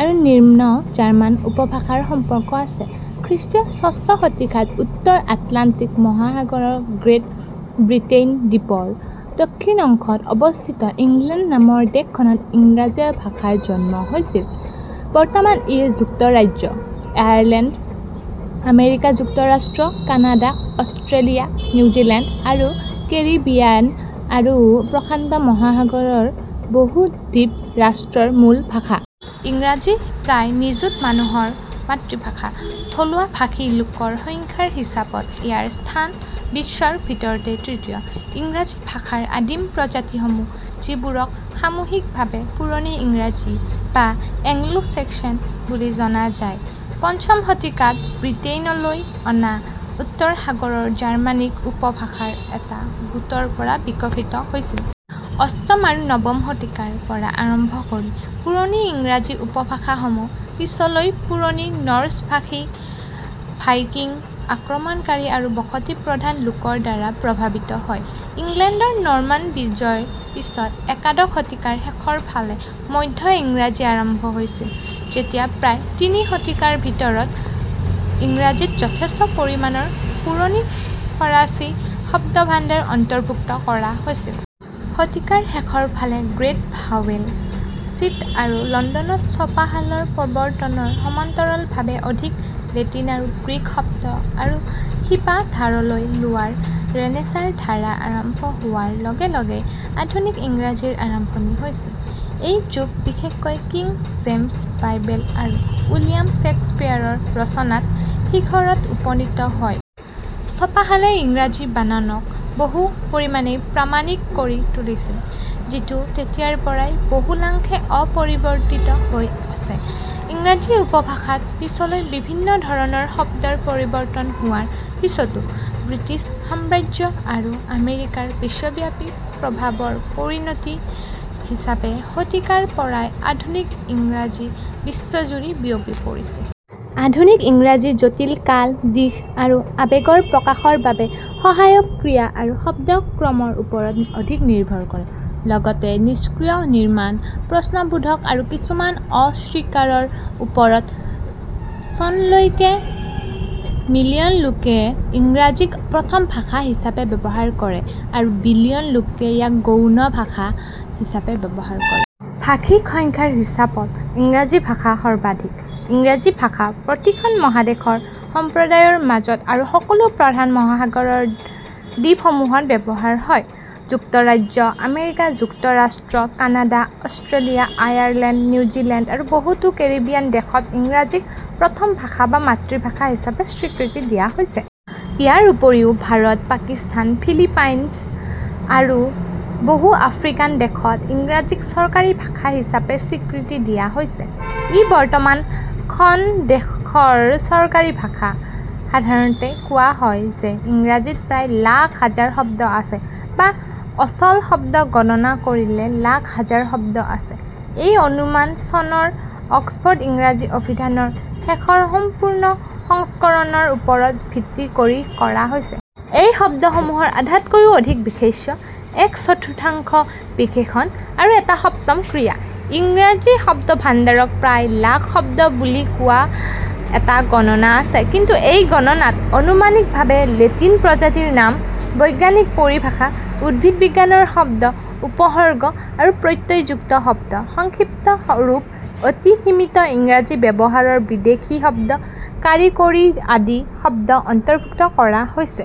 আৰু নিম্ন জাৰ্মান উপভাষাৰ সম্পৰ্ক আছে। খ্ৰীষ্টীয় ষষ্ঠ শতিকাত উত্তৰ আটলাণ্টিক মহাসাগৰৰ গ্ৰেট ব্ৰিটেইন দ্বীপৰ দক্ষিণ অংশত অৱস্থিত ইংলেণ্ড নামৰ দেশখনত ইংৰাজী ভাষাৰ জন্ম হৈছিল। বৰ্তমান ই যুক্তৰাজ্য, আয়াৰলেণ্ড, আমেৰিকা যুক্তৰাষ্ট্ৰ, কানাডা, অষ্ট্ৰেলিয়া, নিউজিলেণ্ড আৰু কেৰিবিয়ান আৰু প্ৰশান্ত মহাসাগৰ ৰ বহু দ্বীপ ৰাষ্ট্ৰৰ মূল ভাষা। ইংৰাজী প্ৰায় নিযুত মানুহৰ মাতৃভাষা। থলুৱা ভাষী লোকৰ সংখ্যাৰ হিচাপত ইয়াৰ স্থান বিশ্বৰ ভিতৰতে তৃতীয়। ইংৰাজী ভাষাৰ আদিম প্ৰজাতিসমূহ, যিবোৰক সামূহিকভাৱে পুৰণি ইংৰাজী বা "এংলো-চেক্সন" বুলি জনা যায়, পঞ্চম শতিকাত ব্ৰিটেইনলৈ অনা উত্তৰ সাগৰৰ জাৰ্মানিক উপভাষাৰ এটা গোটৰ পৰা বিকশিত হৈছিল। অষ্টম আৰু নৱম শতিকাৰ পৰা আৰম্ভ কৰি পুৰণি ইংৰাজী উপভাষাসমূহ পিছলৈ পুৰণি নৰ্ছ ভাষী ভাইকিং আক্ৰমণকাৰী আৰু বসতিপ্ৰধান লোকৰ দ্বাৰা প্ৰভাৱিত হয়। ইংলেণ্ডৰ নৰ্মান বিজয়ৰ পিছত একাদশ শতিকাৰ শেষৰ ফালে মধ্য ইংৰাজী আৰম্ভ হৈছিল, যেতিয়া প্ৰায় তিনি শতিকাৰ ভিতৰত ইংৰাজীত যথেষ্ট পৰিমাণৰ পুৰণি ফৰাচী শব্দভাণ্ডাৰ অন্তৰ্ভুক্ত কৰা হৈছিল। শতিকাৰ শেষৰ ফালে গ্ৰেট ভৱেল শ্বিফ্ট আৰু লণ্ডনত ছপাশালৰ প্ৰৱৰ্তনৰ সমান্তৰালভাৱে অধিক লেটিন আৰু গ্ৰীক শব্দ আৰু শিপা ধাৰলৈ লোৱাৰ ৰেনেছাঁৰ ধাৰা আৰম্ভ হোৱাৰ লগে লগে আধুনিক ইংৰাজীৰ আৰম্ভণি হৈছিল। এই যুগ বিশেষকৈ কিং জেমছ বাইবেল আৰু উইলিয়াম শ্বেক্সপীয়েৰৰ ৰচনাত শিখৰত উপনীত হয়। ছপাশালে ইংৰাজী বানানক বহু পৰিমাণে প্ৰামাণিক কৰি তুলিছিল, যিটো তেতিয়াৰ পৰাই বহুলাংশে অপৰিৱৰ্তিত হৈ আছে, ইংৰাজী উপভাষাত পিছলৈ বিভিন্ন ধৰণৰ শব্দৰ পৰিৱৰ্তন হোৱাৰ পিছতো। ব্ৰিটিছ সাম্ৰাজ্য আৰু আমেৰিকাৰ বিশ্বব্যাপী প্ৰভাৱৰ পৰিণতি হিচাপে শতিকাৰ পৰাই আধুনিক ইংৰাজী বিশ্বজুৰি বিয়পি পৰিছে। আধুনিক ইংৰাজী জটিল কাল, দিশ আৰু আৱেগৰ প্ৰকাশৰ বাবে সহায়ক ক্ৰিয়া আৰু শব্দ ক্ৰমৰ ওপৰত অধিক নিৰ্ভৰ কৰে, লগতে নিষ্ক্ৰিয় নিৰ্মাণ, প্ৰশ্নবোধক আৰু কিছুমান অস্বীকাৰৰ ওপৰত। চনলৈকে মিলিয়ন লোকে ইংৰাজীক প্ৰথম ভাষা হিচাপে ব্যৱহাৰ কৰে আৰু বিলিয়ন লোকে ইয়াক গৌণ ভাষা হিচাপে ব্যৱহাৰ কৰে। ভাষীক সংখ্যাৰ হিচাপত ইংৰাজী ভাষা সৰ্বাধিক। ইংৰাজী ভাষা প্ৰতিখন মহাদেশৰ সম্প্ৰদায়ৰ মাজত আৰু সকলো প্ৰধান মহাসাগৰৰ দ্বীপসমূহত ব্যৱহাৰ হয়। যুক্তৰাজ্য, আমেৰিকা যুক্তৰাষ্ট্ৰ, কানাডা, অষ্ট্ৰেলিয়া, আয়াৰলেণ্ড, নিউজিলেণ্ড আৰু বহুতো কেৰিবিয়ান দেশত ইংৰাজীক প্ৰথম ভাষা বা মাতৃভাষা হিচাপে স্বীকৃতি দিয়া হৈছে। ইয়াৰ উপৰিও ভাৰত, পাকিস্তান, ফিলিপাইনছ আৰু বহু আফ্ৰিকান দেশত ইংৰাজীক চৰকাৰী ভাষা হিচাপে স্বীকৃতি দিয়া হৈছে। ই বৰ্তমান খন দেশৰ চৰকাৰী ভাষা। সাধাৰণতে কোৱা হয় যে ইংৰাজীত প্ৰায় লাখ হাজাৰ শব্দ আছে, বা অচল শব্দ গণনা কৰিলে লাখ হাজাৰ শব্দ আছে; এই অনুমান চনৰ অক্সফৰ্ড ইংৰাজী অভিধানৰ শেষৰ সম্পূৰ্ণ সংস্কৰণৰ ওপৰত ভিত্তি কৰি কৰা হৈছে। এই শব্দসমূহৰ আধাতকৈও অধিক বিশেষ্য, এক চতুৰ্থাংশ বিশেষণ আৰু এটা সপ্তম ক্ৰিয়া। ইংৰাজী শব্দভাণ্ডাৰক প্ৰায় লাখ শব্দ বুলি কোৱা এটা গণনা আছে — কিন্তু এই গণনাত অনুমানিকভাৱে লেটিন প্ৰজাতিৰ নাম, বৈজ্ঞানিক পৰিভাষা, উদ্ভিদবিজ্ঞানৰ শব্দ, উপসৰ্গ আৰু প্ৰত্যয়যুক্ত শব্দ, সংক্ষিপ্ত ৰূপ, অতি সীমিত ইংৰাজী ব্যৱহাৰৰ বিদেশী শব্দ, কাৰিকৰী আদি শব্দ অন্তৰ্ভুক্ত কৰা হৈছে।।